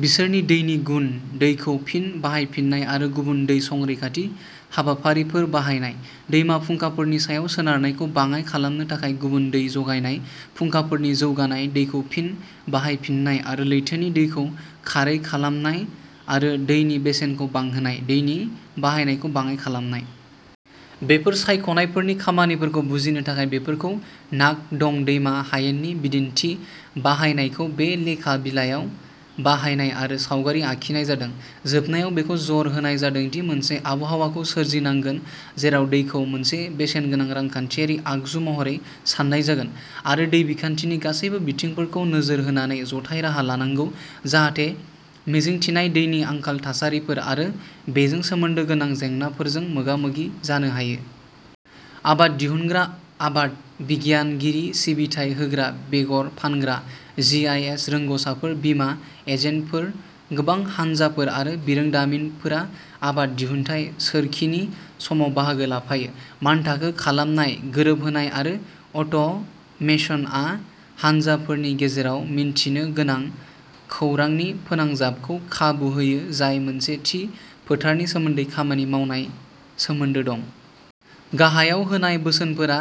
बिसोरनि दैनि गुन दैखौ फिन बाहायफिननाय आरो गुबुन दै संरैखाथि हाबाफारिफोर बाहायनाय दैमा फुंखाफोरनि सायाव सोनारनायखौ बाङाइ खालामनो थाखाय गुबुन दै जगायनाय फुंखाफोरनि जौगानाय दैखौ फिन बाहायफिननाय आरो लैथोनि दैखौ खारै खालामनाय आरो दैनि बेसेनखौ बांहोनाय दैनि बाहायनायखौ बाङाइ खालामनाय। बेफोर सायख'नायफोरनि खामानिफोरखौ बुजिनो थाखाय, बेफोरखौ नाक डं दैमा हायेननि बिदिन्थि बाहायनायखौ बे लेखा बिलायाव बाहायनाय आरो सावगारि आखिनाय जादों। जोबनायाव, बेखौ जर होनाय जादों दि मोनसे आबहावाखौ सोरजिनांगोन जेराव दैखौ मोनसे बेसेनगोनां रांखान्थियारि आगजु महरै सान्नाय जागोन, आरो दै बिखान्थिनि गासैबो बिथिंफोरखौ नोजोर होनानै जथाय राहा लानांगौ, जाहाथे मिजिंथिनाय दैनि आंखाल थासारिफोर आरो बेजों सोमोन्दो गोनां जेंनाफोरजों मोगा-मोगि जानो हायो। आबाद दिहुनग्रा, आबाद बिगियानगिरि, सिबिथाय होग्रा, बेगर फानग्रा, जि आइ एस रोंग'साफोर, बीमा एजेन्टफोर गोबां हानजाफोर आरो बिरोंदामिनफोरा आबाद दिहुनथाय सोरखिनि समाव बाहागो लाफायो। मानथाखो खालामनाय, गोरोबहोनाय आरो अट'मेसनआ हानजाफोरनि गेजेराव मिन्थिनो गोनां खौरांनि फोनांजाबखौ खाबु होयो जाय मोनसे थि फोथारनि सोमोन्दै खामानि मावनाय सोमोन्दो दं। गाहायाव होनाय बोसोनफोरा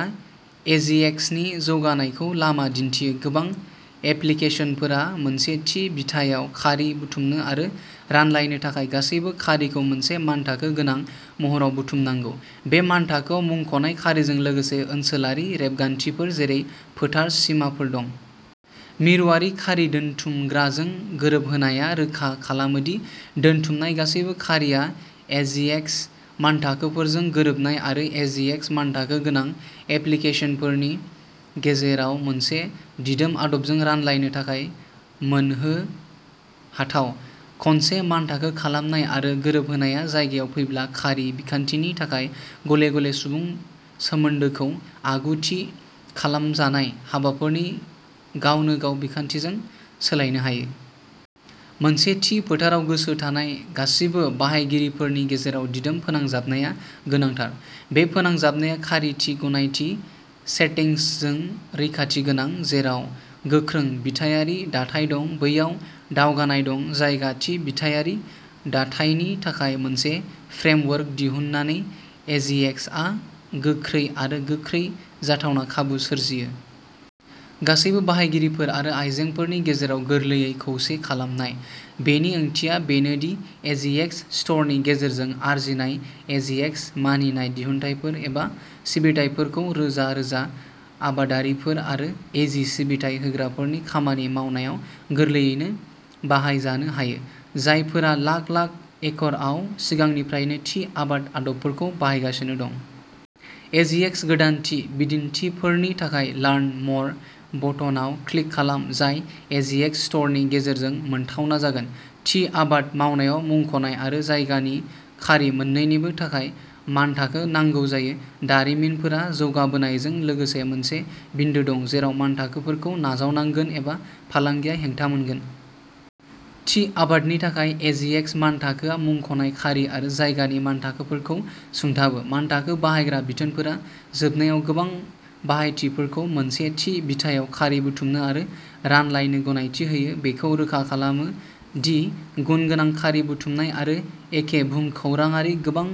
एजिएक्स नि जौगानायखौ लामा दिन्थियो। गोबां एप्लिकेसनफोरा मोनसे थि बिथायाव खारि बुथुमनो आरो रानलायनो थाखाय, गासैबो खारिखौ मोनसे मानथाखो गोनां महराव बुथुमनांगौ। बे मानथाखोआव मुंख'नाय खारिजों लोगोसे ओनसोलारि रेबगान्थिफोर, जेरै फोथार सिमाफोर दं। मिरुआरि खारि दोनथुमग्राजों गोरोबहोनाया रोखा खालामो दि दोनथुमनाय गासैबो खारिआ एजिएक्स मानथाखोफोरजों गोरोबनाय आरो एजिएक्स मानथाखो गोनां एप्लिकेसनफोरनि गेजेराव मोनसे दिदोम आदबजों रानलायनो थाखाय मोनहोहाथाव। खनसे मानथाखो खालामनाय आरो गोरोबहोनाया जायगायाव फैब्ला, खारि बिखान्थिनि थाखाय गले गले सुबुं सोमोनदोखौ आगु थि खालामजानाय हाबाफोरनि गावनोगाव बिखान्थिजों सोलायनो हायो। मोनसे थि फोथाराव गोसो थानाय गासिबो बाहायगिरिफोरनि गेजेराव दिदोम फोनांजाबनाया गोनांथार। बे फोनांजाबनाया खारि थि गनायथि सेटिंसजों रैखाथि गोनां। जेराव गोख्रों बिथायारि दाथाय दं, बैयाव दावगानाय दं। जायगा थि बिथायारि दाथायनि थाखाय मोनसे फ्रेमवर्क दिहुननानै, एजिएक्स आ गोख्रै आरो गोख्रै जाथावना खाबु सोरजियो। गासैबो बाहायगिरिफोर आरो आयजेंफोरनि गेजेराव गोरलैयै खौसे खालामनाय। बेनि ओंथिया बेनो दि एजिएक्स स्ट'रनि गेजेरजों आरजिनाय एजिएक्स मानिनाय दिहुनथायफोर एबा सिबिथाइफोरखौ रोजा-रोजा आबादारिफोर आरो एजि सिबिथाय होग्राफोरनि खामानि मावनायाव गोरलैयैनो बाहायजानो हायो, जायफोरा लाख-लाख एकड़आव सिगांनिफ्रायनो थि आबाद आदबफोरखौ बाहायगासिनो दं। एजिएक्स गोदानथि बिदिन्थिफोरनि थाखाय लार्न मर बटनाव क्लिक खालाम, जाय एजिएक्स स्ट'रनि गेजेरजों मोनथावना जागोन। थि आबाद मावनायाव मुंख'नाय आरो जायगानि खारि मोन्नैनिबो थाखाय मानथाखो नांगौ जायो। दारिमिनफोरा जौगाबोनायजों लोगोसे, मोनसे बिन्दो दं जेराव मानथाखोफोरखौ नाजावनांगोन एबा फालांगिया हेंथा मोनगोन। थि आबादनि थाखाय एजिएक्स मानथाखोआ मुंख'नाय खारि आरो जायगानि मानथाखोफोरखौ सुंथाबो। मानथाखो बाहायग्रा बिथोनफोरा जोबनायाव गोबां बाहायथिफोरखौ मोनसे थि बिथायाव खारि बुथुमनो आरो रानलायनो गनायथि होयो, बेखौ रोखा खालामो दि गुनगोनां खारि बुथुमनाय आरो एखे भुमखौराङारि गोबां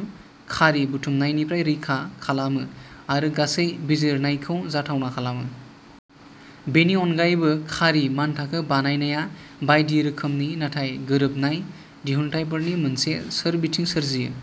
खारि बुथुमनायनिफ्राय रैखा खालामो, आरो गासै बिजिरनायखौ जाथावना खालामो। बेनि अनगायैबो, खारि मानथाखो बानायनाया बायदि रोखोमनि नाथाय गोरोबनाय दिहुनथायफोरनि मोनसे सोरबिथिं सोरजियो।